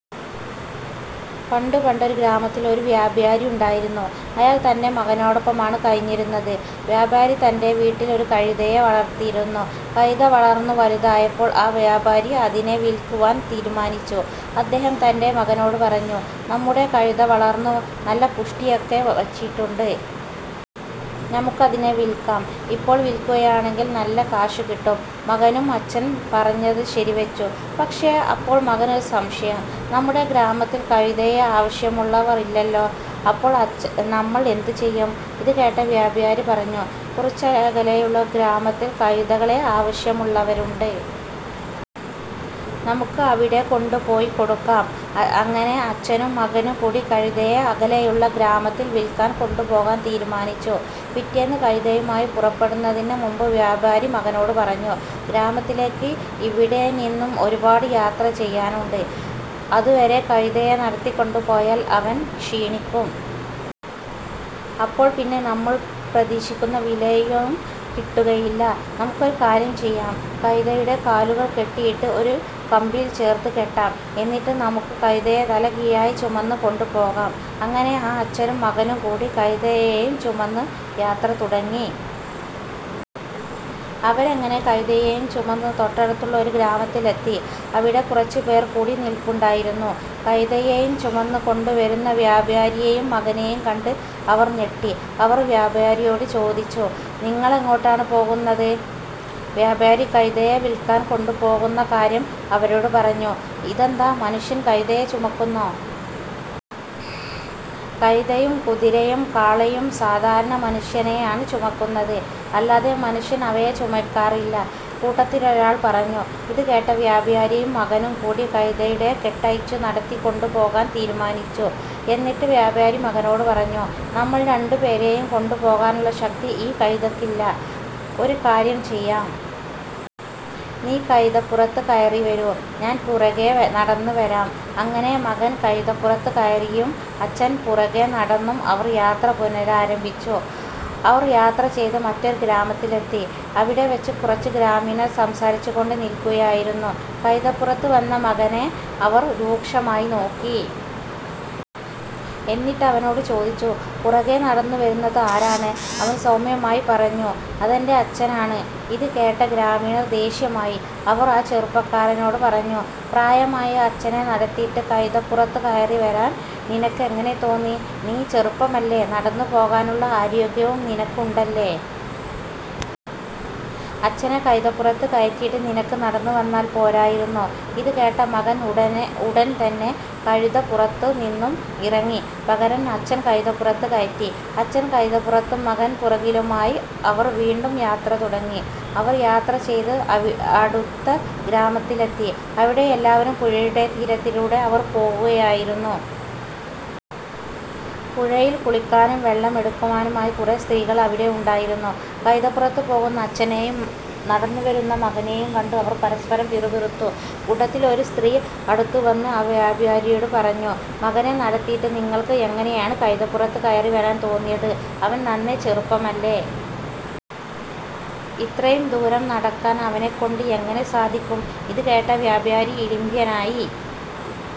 പണ്ട് പണ്ടൊരു ഗ്രാമത്തിൽ ഒരു വ്യാപാരി ഉണ്ടായിരുന്നു. അയാൾ തൻ്റെ മകനോടൊപ്പമാണ് കഴിഞ്ഞിരുന്നത്. വ്യാപാരി തൻ്റെ വീട്ടിൽ ഒരു കഴുതയെ വളർത്തിയിരുന്നു. കഴുത വളർന്നു വലുതായപ്പോൾ ആ വ്യാപാരി അതിനെ വിൽക്കുവാൻ തീരുമാനിച്ചു. അദ്ദേഹം തൻ്റെ മകനോട് പറഞ്ഞു "നമ്മുടെ കഴുത വളർന്നു നല്ല പുഷ്ടിയൊക്കെ വച്ചിട്ടുണ്ട്. നമുക്കതിനെ വിൽക്കാം. ഇപ്പോൾ വിൽക്കുകയാണെങ്കിൽ നല്ല കാശും കിട്ടും. " മകനും അച്ഛൻ പറഞ്ഞത് ശരിവച്ചു. പക്ഷേ അപ്പോൾ മകനൊരു സംശയം "നമ്മുടെ ഗ്രാമത്തിൽ കഴുതയെ ആവശ്യമുള്ളവർ ഇല്ലല്ലോ. അപ്പോൾ നമ്മൾ എന്ത് ചെയ്യും? ഇതുകേട്ട വ്യാപാരി പറഞ്ഞു "കുറച്ചകലെയുള്ള ഒരു ഗ്രാമത്തിൽ കഴുതകളെ ആവശ്യമുള്ളവരുണ്ട്. നമുക്ക് അവിടെ കൊണ്ടുപോയി കൊടുക്കാം. " അങ്ങനെ അച്ഛനും മകനും കൂടി കഴുതയെ അകലെയുള്ള ഗ്രാമത്തിൽ വിൽക്കാൻ കൊണ്ടുപോകാൻ തീരുമാനിച്ചു. പിറ്റേന്ന് കഴുതയുമായി പുറപ്പെടുന്നതിനു മുൻപ് വ്യാപാരി മകനോട് പറഞ്ഞു. "ഗ്രാമത്തിലേക്ക് ഇവിടെ നിന്നും ഒരുപാട് യാത്ര ചെയ്യാനുണ്ട്. അതുവരെ കഴുതയെ നടത്തിക്കൊണ്ട് പോയാൽ അവൻ ക്ഷീണിക്കും. അപ്പോൾ പിന്നെ നമ്മൾ പ്രതീക്ഷിക്കുന്ന വിലയും കിട്ടുകയില്ല. നമുക്കൊരു കാര്യം ചെയ്യാം. കഴുതയുടെ കാലുകൾ കെട്ടിയിട്ട് ഒരു കമ്പിൽ ചേർത്ത് കെട്ടാം. എന്നിട്ട് നമുക്ക് കഴുതയെ തലകീഴായി ചുമന്നു കൊണ്ടു പോകാം. " അങ്ങനെ ആ അച്ഛനും മകനും കൂടി കഴുതയെയും ചുമന്നു യാത്ര തുടങ്ങി. അവരങ്ങനെ കഴുതയെയും ചുമന്ന് തൊട്ടടുത്തുള്ള ഒരു ഗ്രാമത്തിലെത്തി. അവിടെ കുറച്ചുപേർ കൂടി നിൽപ്പുണ്ടായിരുന്നു. കഴുതയെയും ചുമന്നു കൊണ്ടുവരുന്ന വ്യാപാരിയെയും മകനെയും കണ്ട് അവർ ഞെട്ടി. അവർ വ്യാപാരിയോട് ചോദിച്ചു. "നിങ്ങളെങ്ങോട്ടാണ് പോകുന്നത്? " വ്യാപാരി കഴുതയെ വിൽക്കാൻ കൊണ്ടുപോകുന്ന കാര്യം അവരോട് പറഞ്ഞു. "ഇതെന്താ, മനുഷ്യൻ കഴുതയെ ചുമക്കുന്നോ? കഴുതയും കുതിരയും കാളയും സാധാരണ മനുഷ്യനെയാണ് ചുമക്കുന്നത്. അല്ലാതെ മനുഷ്യൻ അവയെ ചുമക്കാറില്ല. " കൂട്ടത്തിലൊരാൾ പറഞ്ഞു. ഇതുകേട്ട വ്യാപാരിയും മകനും കൂടി കഴുതയുടെ കെട്ടഴിച്ചു നടത്തിക്കൊണ്ടു പോകാൻ തീരുമാനിച്ചു. എന്നിട്ട് വ്യാപാരി മകനോട് പറഞ്ഞു "നമ്മൾ രണ്ടുപേരെയും കൊണ്ടുപോകാനുള്ള ശക്തി ഈ കഴുതയ്ക്കില്ല. ഒരു കാര്യം ചെയ്യാം. നീ കഴുതപ്പുറത്തു കയറിവരൂ. ഞാൻ പുറകെ നടന്നു വരാം. " അങ്ങനെ മകൻ കഴുതപ്പുറത്തു കയറിയും അച്ഛൻ പുറകെ നടന്നും അവർ യാത്ര പുനരാരംഭിച്ചു. അവർ യാത്രചെയ്ത് മറ്റൊരു ഗ്രാമത്തിലെത്തി. അവിടെ കുറച്ച് ഗ്രാമീണർ സംസാരിച്ചുകൊണ്ട് നിൽക്കുകയായിരുന്നു. കഴുതപ്പുറത്ത് വന്ന മകനെ അവർ രൂക്ഷമായി നോക്കി. എന്നിട്ടവനോട് ചോദിച്ചു. "പുറകെ നടന്നുവരുന്നത് ആരാണ്? " അവൻ സൗമ്യമായി പറഞ്ഞു "അതെൻ്റെ അച്ഛനാണ്. " ഇതുകേട്ട ഗ്രാമീണർക്ക് ദേഷ്യമായി. അവർ ആ ചെറുപ്പക്കാരനോട് പറഞ്ഞു. "പ്രായമായ അച്ഛനെ നടത്തിയിട്ട് കഴുതപ്പുറത്തു കയറിവരാൻ നിനക്കെങ്ങനെ തോന്നി? നീ ചെറുപ്പമല്ലേ നടന്നു പോകാനുള്ള ആരോഗ്യം നിനക്ക് ഉണ്ടല്ലോ? അച്ഛനെ കഴുതപ്പുറത്തു കയറ്റിയിട്ട് നിനക്ക് നടന്നു വന്നാൽ പോരായിരുന്നോ? " ഇതുകേട്ട മകൻ ഉടൻതന്നെ കഴുത പുറത്തു നിന്നും ഇറങ്ങി. പകരം അച്ഛനെ കഴുതപ്പുറത്തു കയറ്റി. അച്ഛൻ കഴുതപ്പുറത്തും മകൻ പുറകിലുമായി അവർ വീണ്ടും യാത്ര തുടങ്ങി. അവർ യാത്രചെയ്ത് അടുത്ത ഗ്രാമത്തിലെത്തി. അവിടെ ഒരു പുഴയുടെ തീരത്തിലൂടെ അവർ പോവുകയായിരുന്നു. പുഴയിൽ കുളിക്കാനും വെള്ളമെടുക്കാനുമായി കുറേ സ്ത്രീകൾ അവിടെ ഉണ്ടായിരുന്നു. കഴുതപ്പുറത്ത് പോകുന്ന അച്ഛനെയും നടന്നുവരുന്ന മകനെയും കണ്ട് അവർ പരസ്പരം പിറുപിറുത്തു. കൂട്ടത്തിൽ ഒരു സ്ത്രീ അടുത്തുവന്ന് ആ വ്യാപാരിയോട് പറഞ്ഞു. "മകനെ നടത്തിയിട്ട് നിങ്ങൾക്ക് എങ്ങനെയാണ് കഴുതപ്പുറത്തു കയറിവരാൻ തോന്നിയത്? അവൻ നന്നേ ചെറുപ്പമല്ലേ. ഇത്രയും ദൂരം നടക്കാൻ അവനെക്കൊണ്ട് എങ്ങനെ സാധിക്കും? " ഇതുകേട്ട വ്യാപാരി ഇളിഭ്യനായി.